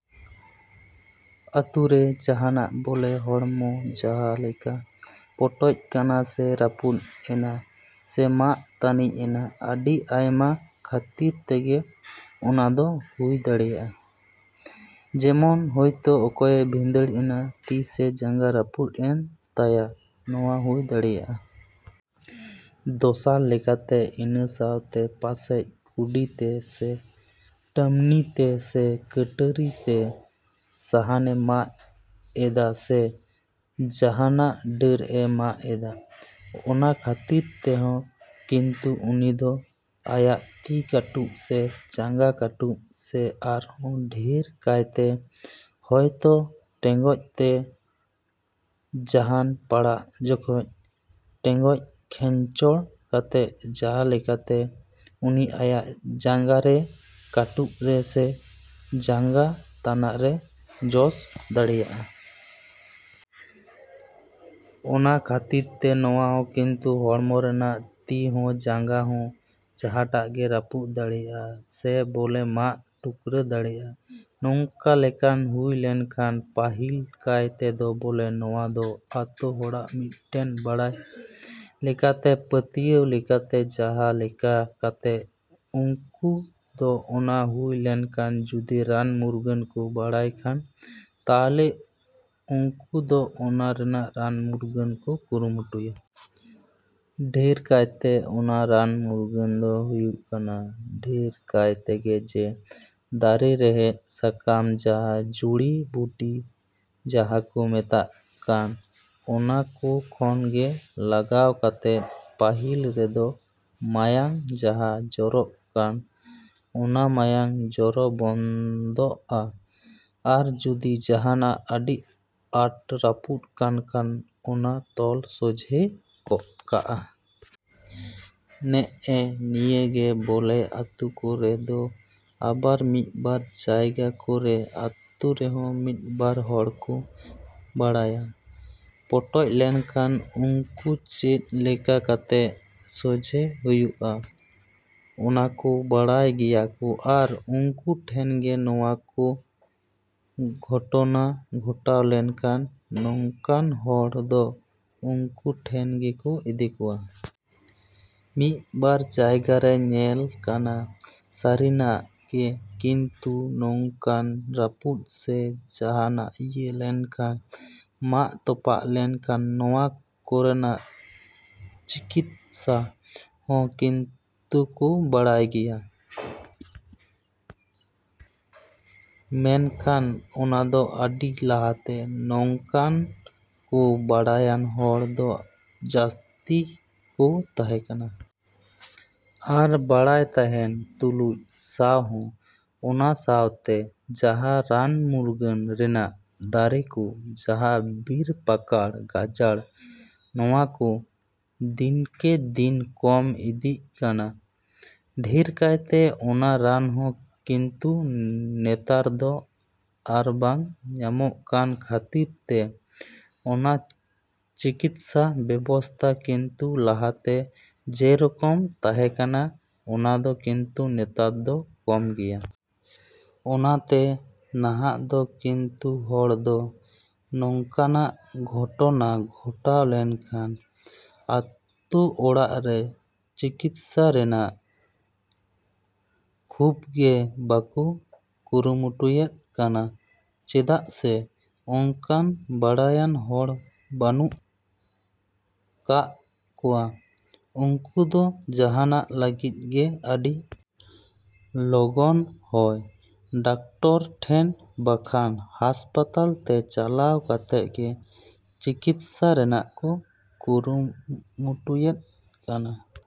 ‎ᱟᱹᱛᱩᱨᱮ ᱡᱟᱸᱦᱟᱱᱟᱜ ᱵᱚᱞᱮ ᱦᱚᱲᱢᱚ ᱡᱟᱸᱦᱟ ᱞᱮᱠᱟ ᱯᱚᱴᱚᱡ ᱠᱟᱱᱟ ᱥᱮ ᱨᱟᱹᱯᱩᱫ ᱮᱱᱟ ᱥᱮ ᱢᱟᱜ ᱛᱟᱹᱱᱤᱡ ᱮᱱᱟ, ᱟᱹᱰᱤ ᱟᱭᱢᱟ ᱠᱷᱟᱹᱛᱤᱨ ᱛᱮᱜᱮ ᱚᱱᱟ ᱫᱚ ᱦᱩᱭ ᱫᱟᱲᱮᱭᱟᱜᱼᱟ᱾ ᱡᱮᱢᱚᱱ ᱦᱚᱭᱛᱚ ᱚᱠᱚᱭᱮ ᱵᱷᱤᱸᱫᱟᱹᱲ ᱮᱱᱟ, ᱛᱤ ᱥᱮ ᱡᱟᱸᱜᱟ ᱨᱟᱹᱯᱩᱫ ᱮᱱ ᱛᱟᱭᱟ ᱱᱚᱣᱟ ᱦᱩᱭ ᱫᱟᱲᱮᱭᱟᱜᱼᱟ᱾ ᱫᱚᱥᱟᱨ ᱞᱮᱠᱟᱛᱮ ᱤᱱᱟᱹ ᱥᱟᱶᱛᱮ ᱯᱟᱥᱮᱡ ᱠᱩᱰᱤ ᱛᱮ ᱥᱮ ᱴᱟᱹᱢᱱᱤ ᱛᱮ ᱥᱮ ᱠᱟᱹᱴᱟᱹᱨᱤ ᱛᱮ ᱥᱟᱦᱟᱱᱮ ᱢᱟᱜ ᱮᱫᱟ ᱥᱮ ᱡᱟᱸᱦᱟᱱᱟᱜ ᱰᱟᱹᱨᱼᱮ ᱢᱟᱜ ᱮᱫᱟ, ᱚᱱᱟ ᱠᱷᱟᱹᱛᱤᱨ ᱛᱮᱦᱚᱸ ᱠᱤᱱᱛᱩ ᱩᱱᱤ ᱫᱚ ᱟᱭᱟᱜ ᱛᱤ ᱠᱟᱹᱴᱩᱵ ᱥᱮ ᱡᱟᱸᱜᱟ ᱠᱟᱹᱴᱩᱵ ᱥᱮ ᱟᱨᱦᱚᱸ ᱰᱷᱮᱨ ᱠᱟᱭᱛᱮ ᱦᱚᱭᱛᱚ ᱴᱮᱸᱜᱚᱡ ᱛᱮ ᱥᱟᱦᱟᱱ ᱯᱟᱲᱟᱜ ᱡᱚᱠᱷᱚᱡ ᱴᱮᱸᱜᱚᱡ ᱠᱷᱮᱧᱪᱚᱲ ᱠᱟᱛᱮᱫ ᱡᱟᱸᱦᱟ ᱞᱮᱠᱟᱛᱮ ᱩᱱᱤ ᱟᱭᱟᱜ ᱡᱟᱸᱜᱟ ᱨᱮ ᱠᱟᱹᱴᱩᱵ ᱨᱮ ᱥᱮ ᱡᱟᱸᱜᱟ ᱛᱟᱱᱟᱜ ᱨᱮ ᱡᱚᱥ ᱫᱟᱲᱮᱭᱟᱜᱼᱟ᱾ ᱚᱱᱟ ᱠᱷᱟᱹᱛᱤᱨ ᱛᱮ ᱱᱚᱣᱟ ᱦᱚᱸ ᱠᱤᱱᱛᱩ ᱦᱚᱲᱢᱚ ᱨᱮᱱᱟᱜ ᱛᱤ ᱦᱚᱸ ᱡᱟᱸᱜᱟ ᱦᱚᱸ ᱡᱟᱸᱦᱟᱴᱟᱜ ᱜᱮ ᱨᱟᱹᱯᱩᱫ ᱫᱟᱲᱮᱭᱟᱜ ᱥᱮ ᱵᱚᱞᱮ ᱢᱟᱜ ᱠᱩᱴᱨᱟᱹ ᱫᱟᱲᱮᱭᱟᱜᱼᱟ ᱱᱚᱝᱠᱟ ᱞᱮᱠᱟᱱ ᱦᱩᱭ ᱞᱮᱱᱠᱷᱟᱱ᱾ ᱯᱟᱹᱦᱤᱞ ᱠᱟᱭ ᱛᱮᱫᱚ ᱵᱚᱞᱮ ᱱᱚᱣᱟ ᱫᱚ ᱟᱛᱳ ᱦᱚᱲᱟᱜ ᱢᱤᱫᱴᱮᱱ ᱵᱟᱲᱟᱭ ᱞᱮᱠᱟᱛᱮ, ᱯᱟᱹᱛᱭᱟᱹᱣ ᱞᱮᱠᱟᱛᱮ ᱡᱟᱸᱦᱟ ᱞᱮᱠᱟ ᱠᱟᱛᱮ ᱩᱱᱠᱩ ᱫᱚ ᱚᱱᱟ ᱦᱩᱭ ᱞᱮᱱᱠᱷᱟᱱ ᱡᱩᱫᱤ ᱨᱟᱱ ᱢᱩᱨᱜᱟᱹᱱ ᱠᱚ ᱵᱟᱲᱟᱭ ᱠᱷᱟᱱ ᱛᱟᱦᱞᱮ ᱩᱱᱠᱩ ᱫᱚ ᱚᱱᱟ ᱨᱮᱱᱟᱜ ᱨᱟᱱ ᱢᱩᱨᱜᱟᱹᱱ ᱠᱚ ᱠᱩᱨᱩᱢᱩᱴᱩᱭᱟ᱾ ᱰᱷᱮᱨ ᱠᱟᱭᱛᱮ ᱚᱱᱟ ᱨᱟᱱ ᱢᱩᱨᱜᱟᱹᱱ ᱫᱚ ᱦᱩᱭᱩᱜ ᱠᱟᱱᱟ ᱰᱷᱮᱨ ᱠᱟᱭ ᱛᱮᱜᱮ ᱡᱮ ᱫᱟᱨᱮ ᱨᱮᱦᱮᱫ ᱥᱟᱠᱟᱢ ᱡᱟᱸᱦᱟ ᱡᱩᱲᱤ ᱵᱩᱴᱤ ᱡᱟᱸᱦᱟ ᱠᱚ ᱢᱮᱛᱟᱜ ᱠᱟᱱ, ᱚᱱᱟ ᱠᱚ ᱠᱷᱚᱱ ᱜᱮ ᱞᱟᱜᱟᱣ ᱠᱟᱛᱮᱫ ᱯᱟᱹᱦᱤᱞ ᱨᱮᱫᱚ ᱢᱟᱭᱟᱝ ᱡᱟᱸᱦᱟ ᱡᱚᱨᱚᱜ ᱠᱟᱱ ᱚᱱᱟ ᱢᱟᱭᱟᱝ ᱡᱚᱨᱚ ᱵᱚᱱᱫᱚᱜᱼᱟ ᱟᱨ ᱡᱩᱫᱤ ᱡᱟᱸᱦᱟᱱᱟᱜ ᱟᱹᱰᱤ ᱟᱸᱴ ᱨᱟᱹᱯᱩᱫ ᱠᱟᱱ ᱠᱷᱟᱱ ᱚᱱᱟ ᱛᱚᱞ ᱥᱚᱡᱷᱮ ᱠᱟᱜᱼᱟ᱾ ᱱᱮᱜᱼᱮ ᱱᱤᱭᱟᱹ ᱜᱮ ᱵᱚᱞᱮ ᱟᱹᱛᱩ ᱠᱚᱨᱮ ᱫᱚ ᱟᱵᱟᱨ ᱢᱤᱫᱵᱟᱨ ᱡᱟᱭᱜᱟ ᱠᱚᱨᱮ ᱟᱹᱛᱩ ᱨᱮᱦᱚᱸ ᱢᱤᱫ ᱵᱟᱨ ᱦᱚᱲ ᱠᱚ ᱵᱟᱲᱟᱭᱟ ᱯᱚᱴᱚᱡ ᱞᱮᱱᱠᱷᱟᱱ ᱩᱱᱠᱩ ᱪᱮᱫ ᱞᱮᱠᱟ ᱠᱟᱛᱮᱫ ᱥᱚᱡᱷᱮ ᱦᱩᱭᱩᱜᱼᱟ ᱚᱱᱟ ᱠᱚ ᱵᱟᱲᱟᱭ ᱜᱮᱭᱟ ᱠᱚ᱾ ᱟᱨ ᱩᱱᱠᱩ ᱴᱷᱮᱱ ᱜᱮ ᱱᱚᱣᱟ ᱠᱚ ᱜᱷᱚᱴᱚᱱᱟ ᱜᱷᱚᱴᱟᱣ ᱞᱮᱱᱠᱷᱟᱱ, ᱱᱚᱝᱠᱟᱱ ᱦᱚᱲ ᱫᱚ ᱩᱱᱠᱩ ᱴᱷᱮᱱ ᱜᱮᱠᱚ ᱤᱫᱤ ᱠᱚᱣᱟ᱾ ᱢᱤᱫᱵᱟᱨ ᱡᱟᱭᱜᱟᱨᱮ ᱧᱮᱞ ᱠᱟᱱᱟ ᱥᱟᱹᱨᱤᱱᱟᱜ ᱜᱮ ᱠᱤᱱᱛᱩ ᱱᱚᱝᱠᱟᱱ ᱨᱟᱹᱯᱩᱫ ᱥᱮ ᱡᱟᱸᱦᱟᱱᱟᱜ ᱤᱭᱟᱹ ᱞᱮᱱᱠᱷᱟᱱ ᱢᱟᱜ ᱛᱚᱯᱟᱜ ᱞᱮᱱᱠᱷᱟᱱ ᱱᱚᱣᱟ ᱠᱚᱨᱮᱱᱟᱜ ᱪᱤᱠᱤᱛᱥᱟ ᱦᱚᱸ ᱠᱤᱱᱛᱩ ᱠᱚ ᱵᱟᱰᱟᱭ ᱜᱮᱭᱟ᱾ ᱢᱮᱱᱠᱷᱟᱱ ᱚᱱᱟᱫᱚ ᱟᱹᱰᱤ ᱞᱟᱦᱟᱛᱮ ᱱᱚᱝᱠᱟᱱ ᱠᱚ ᱵᱟᱲᱟᱭᱟᱱ ᱦᱚᱲ ᱫᱚ ᱡᱟᱹᱥᱛᱤ ᱠᱚ ᱛᱟᱸᱦᱮ ᱠᱟᱱᱟ᱾ ᱟᱨ ᱵᱟᱲᱟᱭ ᱛᱟᱸᱦᱮᱱ ᱛᱩᱞᱩᱡ ᱥᱟᱶᱦᱚᱸ ᱚᱱᱟ ᱥᱟᱶᱛᱮ ᱡᱟᱸᱦᱟ ᱨᱟᱱ ᱢᱩᱨᱜᱟᱹᱱ ᱨᱮᱱᱟᱜ ᱫᱟᱨᱮ ᱠᱚ ᱡᱟᱸᱦᱟ ᱵᱤᱨ ᱯᱟᱠᱟᱲ ᱜᱟᱡᱟᱲ ᱱᱚᱣᱟ ᱠᱚ ᱫᱤᱱᱠᱮ ᱫᱤᱱ ᱠᱚᱢ ᱤᱫᱤᱜ ᱠᱟᱱᱟ᱾ ᱰᱷᱮᱨ ᱠᱟᱭᱛᱮ ᱚᱱᱟ ᱨᱟᱱᱦᱚᱸ ᱠᱤᱱᱛᱩ ᱱᱮᱛᱟᱨ ᱫᱚ ᱟᱨ ᱵᱟᱝ ᱧᱟᱢᱚᱜ ᱠᱟᱱ ᱠᱷᱟᱹᱛᱤᱨ ᱛᱮ ᱚᱱᱟ ᱪᱤᱠᱤᱛᱥᱟ ᱵᱮᱵᱚᱥᱛᱷᱟ ᱠᱤᱱᱛᱩ ᱞᱟᱦᱟᱛᱮ ᱡᱮᱨᱚᱠᱚᱢ ᱛᱟᱸᱦᱮ ᱠᱟᱱᱟ ᱚᱱᱟ ᱫᱚ ᱠᱤᱱᱛᱩ ᱱᱮᱛᱟᱨ ᱫᱚ ᱠᱚᱢ ᱜᱮᱭᱟ᱾ ᱚᱱᱟᱛᱮ ᱱᱟᱦᱟᱜ ᱫᱚ ᱠᱤᱱᱛᱩ ᱦᱚᱲ ᱫᱚ ᱱᱚᱝᱠᱟᱱᱟᱜ ᱜᱷᱚᱴᱚᱱᱟ ᱜᱷᱚᱴᱟᱣ ᱞᱮᱱᱠᱷᱟᱱ ᱟᱛᱳ ᱚᱲᱟᱜ ᱨᱮ ᱪᱤᱠᱤᱛᱥᱟ ᱨᱮᱱᱟᱜ ᱠᱷᱩᱵᱽ ᱜᱮ ᱵᱟᱠᱚ ᱠᱩᱨᱩᱢᱩᱴᱩᱭᱮᱫ ᱠᱟᱱᱟ ᱪᱮᱫᱟᱜ ᱥᱮ ᱚᱱᱠᱟᱱ ᱵᱟᱲᱟᱭᱟᱱ ᱦᱚᱲ ᱵᱟᱹᱱᱩᱜ ᱠᱟᱜ ᱠᱚᱣᱟ᱾ ᱩᱱᱠᱩ ᱫᱚ ᱡᱟᱸᱦᱟᱱᱟᱜ ᱞᱟᱹᱜᱤᱫ ᱜᱮ ᱟ.ᱰᱤ ᱞᱚᱜᱚᱱ ᱦᱚᱭ ᱰᱟᱠᱴᱚᱨ ᱴᱷᱮᱱ ᱵᱟᱠᱷᱟᱱ ᱦᱟᱥᱯᱟᱛᱟᱞ ᱛᱮ ᱪᱟᱞᱟᱣ ᱠᱟᱛᱮᱫ ᱜᱮ ᱪᱤᱠᱤᱛᱥᱟ ᱨᱮᱭᱟᱜ ᱠᱚ ᱠᱩᱨᱩᱢᱩᱴᱩᱭᱮᱫ ᱠᱟᱱᱟ᱾।